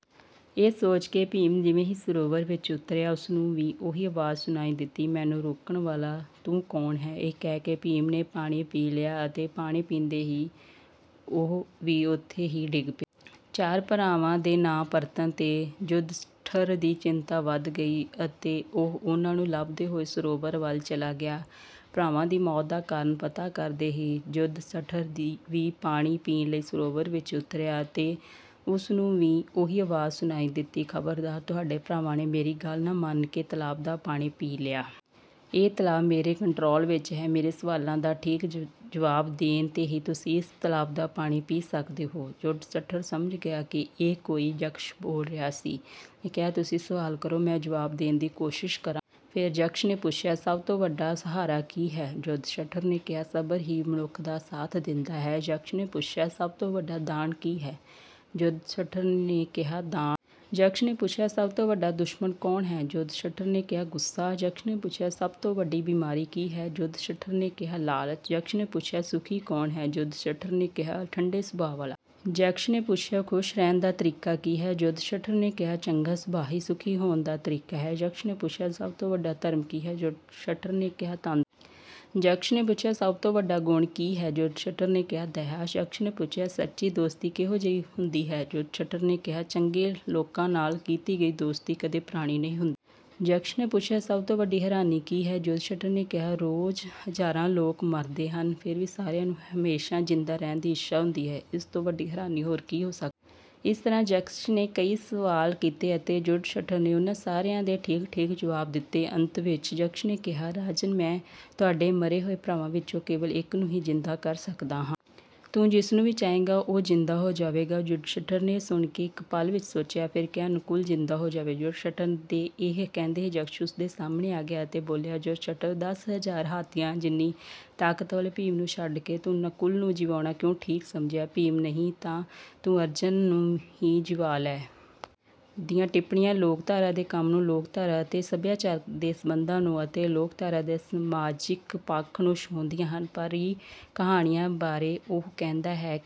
ਇਹ ਸੋਚ ਕੇ ਭੀਮ ਜਿਵੇਂ ਹੀ ਸਰੋਵਰ ਵਿੱਚ ਉਤਰਿਆ ਉਸ ਨੂੰ ਵੀ ਉਹੀ ਆਵਾਜ਼ ਸੁਣਾਈ ਦਿੱਤੀ "ਮੈਨੂੰ ਰੋਕਣ ਵਾਲਾ ਤੂੰ ਕੌਣ ਹੈ" ਇਹ ਕਹਿ ਕੇ ਭੀਮ ਨੇ ਪਾਣੀ ਪੀ ਲਿਆ ਅਤੇ ਪਾਣੀ ਪੀਂਦੇ ਹੀ ਉਹ ਵੀ ਉੱਥੇ ਹੀ ਡਿੱਗ ਪਿਆ। ਚਾਰਾਂ ਭਰਾਵਾਂ ਦੇ ਨਾ ਪਰਤਣ ਤੇ ਯੁਧਿਸ਼ਠਰ ਦੀ ਚਿੰਤਾ ਵਧ ਗਈ ਅਤੇ ਉਹ ਉਨ੍ਹਾਂ ਨੂੰ ਲੱਭਦੇ ਹੋਏ ਸਰੋਵਰ ਵੱਲ ਚਲਾ ਗਿਆ। ਭਰਾਵਾਂ ਦੀ ਮੌਤ ਦਾ ਕਾਰਨ ਪਤਾ ਕਰਦੇ ਹੋਏ ਯੁਧਿਸ਼ਠਰ ਵੀ ਪਾਣੀ ਪੀਣ ਲਈ ਸਰੋਵਰ ਵਿੱਚ ਉਤਰਿਆ ਅਤੇ ਉਸ ਨੂੰ ਵੀ ਉਹੀ ਆਵਾਜ਼ ਸੁਣਾਈ ਦਿੱਤੀ "ਖਬਰਦਾਰ ਤੁਹਾਡੇ ਭਰਾਵਾਂ ਨੇ ਮੇਰੀ ਗੱਲ ਨਾ ਮੰਨ ਕੇ ਤਾਲਾਬ ਦਾ ਪਾਣੀ ਪੀ ਲਿਆ। ਇਹ ਤਾਲਾਬ ਮੇਰੇ ਕੰਟਰੋਲ ਵਿੱਚ ਹੈ। ਮੇਰੇ ਸਵਾਲਾਂ ਦਾ ਠੀਕ ਜਵਾਬ ਦੇਣ ਤੇ ਹੀ ਤੁਸੀਂ ਇਸ ਤਾਲਾਬ ਦਾ ਪਾਣੀ ਪੀ ਸਕਦੇ ਹੋ" ਯੁਧਿਸ਼ਠਰ ਸਮਝ ਗਿਆ ਕਿ ਇਹ ਕੋਈ ਯਕਸ਼ ਬੋਲ ਰਿਹਾ ਸੀ। ਉਸ ਨੇ ਕਿਹਾ "ਤੁਸੀਂ ਸਵਾਲ ਕਰੋ ਮੈਂ ਜਵਾਬ ਦੇਣ ਦੀ ਕੋਸ਼ਿਸ਼ ਕਰਾਂ"। ਫਿਰ ਯਕਸ਼ ਨੇ ਪੁੱਛਿਆ ਸਭ ਤੋਂ ਵੱਡਾ ਸਹਾਰਾ ਕੀ ਹੈ ਯੁਧਿਸ਼ਠਰ ਨੇ ਕਿਹਾ ਸਬਰ ਹੀ ਮਨੁੱਖ ਦਾ ਸਾਥ ਦਿੰਦਾ ਹੈ। ਯਕਸ਼ ਨੇ ਪੁੱਛਿਆ ਸਭ ਤੋਂ ਵੱਡਾ ਦਾਨ ਕੀ ਹੈ ਯੁਧਿਸ਼ਠਰ ਨੇ ਕਿਹਾ ਦਾਨ। ਯਕਸ਼ ਨੇ ਪੁੱਛਿਆ ਸਭ ਤੋਂ ਵੱਡਾ ਦੁਸ਼ਮਣ ਕੌਣ ਹੈ ਯੁਧਿਸ਼ਠਰ ਨੇ ਕਿਹਾ ਗੁੱਸਾ। ਯਕਸ਼ ਨੇ ਪੁੱਛਿਆ ਸਭ ਤੋਂ ਵੱਡੀ ਬਿਮਾਰੀ ਕੀ ਹੈ ਯੁਧਿਸ਼ਠਰ ਨੇ ਕਿਹਾ ਲਾਲਚ। ਯਕਸ਼ ਨੇ ਪੁੱਛਿਆ ਸੁਖੀ ਕੌਣ ਹੈ ਯੁਧਿਸ਼ਠਰ ਨੇ ਕਿਹਾ ਠੰਡੇ ਸੁਭਾਅ ਵਾਲਾ। ਯਕਸ਼ ਨੇ ਪੁੱਛਿਆ ਖੁਸ਼ ਰਹਿਣ ਦਾ ਤਰੀਕਾ ਕੀ ਹੈ ਯੁਧਿਸ਼ਠਰ ਨੇ ਕਿਹਾ ਚੰਗਾ ਸੁਭਾਅ ਹੀ ਸੁਖੀ ਹੋਣ ਦਾ ਤਰੀਕਾ ਹੈ। ਯਕਸ਼ ਨੇ ਪੁੱਛਿਆ ਸਭ ਤੋਂ ਵੱਡਾ ਧਰਮ ਕੀ ਹੈ ਯੁਧਿਸ਼ਠਰ ਨੇ ਕਿਹਾ ਤੰ। ਯਕਸ਼ ਨੇ ਪੁੱਛਿਆ ਸਭ ਤੋਂ ਵੱਡਾ ਗੁਣ ਕੀ ਹੈ ਯੁਧਿਸ਼ਠਰ ਨੇ ਕਿਹਾ ਦਇਆ। ਯਕਸ਼ ਨੇ ਪੁੱਛਿਆ ਸੱਚੀ ਦੋਸਤੀ ਕਿਹੋ ਜਿਹੀ ਹੁੰਦੀ ਹੈ ਯੁਧਿਸ਼ਠਰ ਨੇ ਕਿਹਾ ਚੰਗੇ ਲੋਕਾਂ ਨਾਲ ਕੀਤੀ ਗਈ ਦੋਸਤੀ ਕਦੇ ਪੁਰਾਣੀ ਨਹੀਂ ਹੁੰਦੀ। ਯਕਸ਼ ਨੇ ਪੁੱਛਿਆ ਸਭ ਤੋਂ ਵੱਡੀ ਹੈਰਾਨੀ ਕੀ ਹੈ ਯੁਧਿਸ਼ਠਰ ਨੇ ਕਿਹਾ ਰੋਜ਼ ਹਜ਼ਾਰਾਂ ਲੱਖਾਂ ਲੋਕ ਮਰਦੇ ਹਨ ਫਿਰ ਵੀ ਸਾਰਿਆਂ ਨੂੰ ਹਮੇਸ਼ਾ ਜਿੰਦਾ ਰਹਿਣ ਦੀ ਇੱਛਾ ਹੁੰਦੀ ਹੈ। ਇਸ ਤੋਂ ਵੱਡੀ ਹੈਰਾਨੀ ਹੋਰ ਕੀ ਹੋ ਸਕਦੀ ਹੈ। ਇਸ ਤਰ੍ਹਾਂ ਯਕਸ਼ ਨੇ ਕਈ ਸਵਾਲ ਕੀਤੇ ਅਤੇ ਯੁਧਿਸ਼ਠਰ ਨੇ ਉਨ੍ਹਾਂ ਸਾਰਿਆਂ ਦੇ ਠੀਕ ਠੀਕ ਜਵਾਬ ਦਿੱਤੇ। ਅੰਤ ਵਿੱਚ ਯਕਸ਼ ਨੇ ਕਿਹਾ "ਰਾਜਨ ਮੈਂ ਤੁਹਾਡੇ ਮਰੇ ਹੋਏ ਭਰਾਵਾਂ ਵਿੱਚੋਂ ਕੇਵਲ ਇੱਕ ਨੂੰ ਹੀ ਜਿੰਦਾ ਕਰ ਸਕਦਾ ਹਾਂ। ਤੂੰ ਜਿਸਨੂੰ ਵੀ ਚਾਹੇਂਗਾ ਉਹ ਜਿੰਦਾ ਹੋ ਜਾਵੇਗਾ"। ਯੁਧਿਸ਼ਠਰ ਨੇ ਇਹ ਸੁਣ ਕੇ ਇੱਕ ਪਲ ਸੋਚਿਆ ਫਿਰ ਕਿਹਾ "ਨਕੁਲ ਜਿੰਦਾ ਹੋ ਜਾਵੇ"। ਯੁਧਿਸ਼ਠਰ ਦੇ ਇਹ ਕਹਿੰਦੇ ਹੀ ਯਕਸ਼ ਉਸ ਦੇ ਸਾਹਮਣੇ ਆ ਗਿਆ ਅਤੇ ਬੋਲਿਆ "ਯੁਧਿਸ਼ਠਰ ਦਸ ਹਜ਼ਾਰ ਹਾਥੀਆਂ ਜਿੰਨੀ ਤਾਕਤ ਵਾਲੇ ਭੀਮ ਨੂੰ ਛੱਡ ਕੇ ਤੂੰ ਨਕੁਲ ਨੂੰ ਜਿਵਾਉਣਾ ਕਿਉਂ ਠੀਕ ਸਮਝਿਆ ਭੀਮ ਨਹੀਂ ਤਾਂ ਤੂੰ ਅਰਜੁਨ ਨੂੰ ਹੀ ਜਿਵਾ ਲੈ"। ਦੀਆਂ ਟਿੱਪਣੀਆਂ ਲੋਕਧਾਰਾ ਦੇ ਕੰਮ ਨੂੰ ਲੋਕਧਾਰਾ ਅਤੇ ਸਭਿਆਚਾਰ ਦੇ ਸਬੰਧਾਂ ਨੂੰ ਅਤੇ ਲੋਕਧਾਰਾ ਦੇ ਸਮਾਜਿਕ ਪੱਖ ਨੂੰ ਛੋਂਹਦੀਆਂ ਹਨ। "ਪਰੀ ਕਹਾਣੀਆਂ" ਬਾਰੇ ਉਹ ਕਹਿੰਦਾ ਹੈ